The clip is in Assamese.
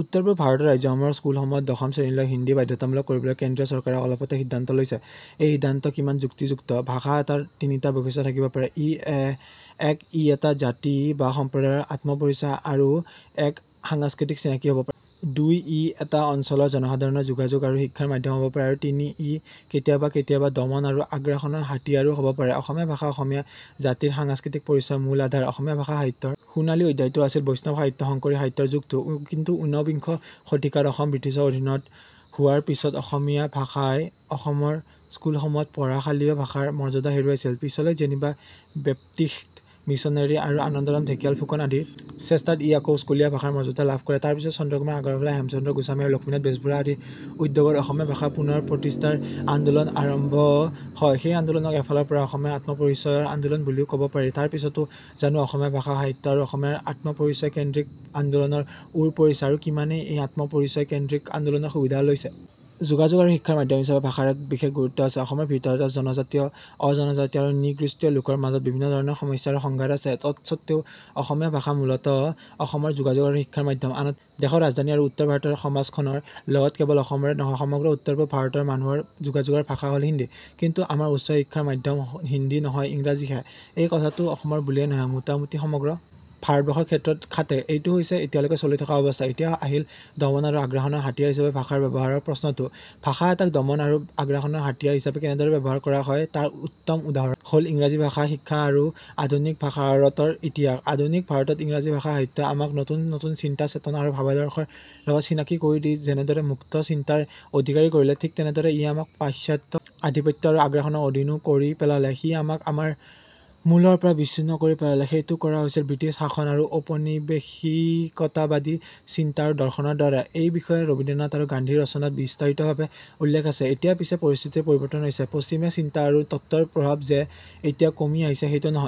উত্তৰপূব ভাৰতৰ ৰাজ্যসমূহৰ স্কুলসমূহত দশম শ্ৰেণীলৈ হিন্দী বাধ্যতামূলক কৰিবলৈ কেন্দ্ৰীয় চৰকাৰে অলপতে সিদ্ধান্ত লৈছে৷এই সিদ্ধান্ত কিমান যুক্তিযুক্ত? ভাষা এটাৰ তিনিটা বৈশিষ্ট্য থাকিব পাৰে৷ এক- ই এটা জাতি বা সম্প্ৰদায়ৰ আত্মপৰিচয় আৰু এক সাংস্কৃতিক চিনাকী হ'ব পাৰে। দুই- ই এটা অঞ্চলৰ জনসাধাৰণৰ যোগাযোগ আৰু শিক্ষাৰ মাধ্যম হ'ব পাৰে আৰু তিনি- ই কেতিয়াবা কেতিয়াবা দমন আৰু আগ্ৰাসনৰ হাতিয়াৰো হ'ব পাৰে৷ অসমীয়া ভাষা অসমীয়া জাতিৰ সাংস্কৃতিক পৰিচয়ৰ মূল আধাৰ৷ অসমীয়া ভাষা সাহিত্যৰ সোণালী অধ্যায়টো আছিল বৈষ্ণৱ সাহিত্য, শংকৰী সাহিত্যৰ যুগটো৷ কিন্তু উনবিংশ শতিকাত অসম বৃটিছৰ অধীন হোৱাৰ পিছত অসমীয়া ভাষাই অসমৰ স্কুলসমূহত পঢ়াশালীয় ভাষাৰ মৰ্যাদা হেৰুৱাইছিল৷ পিছলৈ যেনিবা বেপ্টিস্ট মিছনেৰী আৰু আনন্দৰাম ঢেকীয়াল ফুকন আদিৰ চেষ্টাত ই আকৌ স্কুলীয়া ভাষাৰ মৰ্যাদা লাভ কৰে৷ তাৰ পিছত চন্দ্ৰ কুমাৰ আগৰৱালা হেমচন্দ্ৰ গোস্বামী আৰু লক্ষ্মীনাথ বেজবৰুৱা আদিৰ উদ্যোগত অসমীয়া ভাষাৰ পুনৰ প্ৰতিষ্ঠাৰ আন্দোলন আৰম্ভ হয়৷ সেই আন্দোলনক এফালৰ পৰা অসমীয়াৰ আত্মপৰিচয়ৰ আন্দোলন বুলিও ক'ব পাৰি৷ তাৰ পিছতো জানো অসমীয়া ভাষা সাহিত্য আৰু অসমীয়াৰ আত্মপৰিচয়কেন্দ্ৰিক আন্দোলনৰ ওৰ পৰিছে আৰু কিমানেই এই আত্মপৰিচয়কেন্দ্ৰিক আন্দোলনৰ সুবিধা লৈছে। যোগাযোগ আৰু শিক্ষাৰ মাধ্যম হিচাপে ভাষাৰ এক বিশেষ গুৰুত্ব আছে৷ অসমৰ ভিতৰতে জনজাতীয়, অজনজাতীয় আৰু নৃগোষ্ঠীয় লোকৰ মাজত বিভিন্ন ধৰণৰ সমস্যা আৰু সংঘাত আছে৷ তৎসত্বেও অসমীয়া ভাষা মূলতঃ অসমৰ যোগাযোগ আৰু শিক্ষাৰ মাধ্যম৷ আনহাতে দেশৰ ৰাজধানী আৰু উত্তৰ ভাৰতৰ সমাজখনৰ লগত কেৱল অসমৰে নহয় সমগ্ৰ উত্তৰ-পূব ভাৰতৰ মানুহৰ যোগাযোগৰ ভাষা হল হিন্দী৷ কিন্তু আমাৰ উচ্চ শিক্ষাৰ মাধ্যম হিন্দী নহয় ইংৰাজীহে৷ এই কথাটো অসমৰ বুলিয়ে নহয়, মোটামোটি সমগ্ৰ ভাৰতবৰ্ষৰ ক্ষেত্ৰতে খাটে৷ এইটো হৈছে এতিয়ালৈকে চলি থকা অৱস্থা৷ এতিয়া আহিল দমন আৰু আগ্ৰাসনৰ হাতিয়াৰ হিচাপে ভাষাৰ ব্যৱহাৰৰ প্ৰশ্নটো৷ ভাষা এটাক দমন আৰু আগ্ৰাসনৰ হাতিয়াৰ হিচাপে কেনেদৰে ব্যৱহাৰ কৰা হয়, তাৰ উত্তম উদাহৰণ হ'ল ইংৰাজী ভাষা শিক্ষা আৰু আধুনিক ভাৰতৰ ইতিহাস৷আধুনিক ভাৰতত ইংৰাজী ভাষা সাহিত্যই আমাক নতুন নতুন চিন্তা, চেতনা আৰু ভাৱাদৰ্শৰ লগত চিনাকি কৰি দি যেনেদৰে মুক্ত চিন্তাৰ অধিকাৰী কৰিলে, ঠিক তেনেদৰে ই আমাক পাশ্চাত্য আধিপত্য আৰু আগ্ৰাসনৰ অধীনো কৰি পেলালে৷ সি আমাক আমাৰ মূলৰ পৰা বিচ্ছিন্ন কৰি পেলালে৷ সেইটো কৰা হৈছিল বৃটিছ শাসন আৰু ঔপনিবেশিকতাবাদী চিন্তা আৰু দৰ্শনৰ দ্বাৰা৷ এই বিষয়ে ৰবীন্দ্ৰনাথ আৰু গান্ধীৰ ৰচনাত বিস্তাৰিতভাবে উল্লেখ আছে৷ এতিয়া পিছে পৰিস্থিতিৰ পৰিবৰ্তন হৈছে৷ পশ্চিমীয়া চিন্তা আৰু তত্ত্বৰ প্ৰভাৱ যে এতিয়া কমি আহিছে সেইটো নহয়।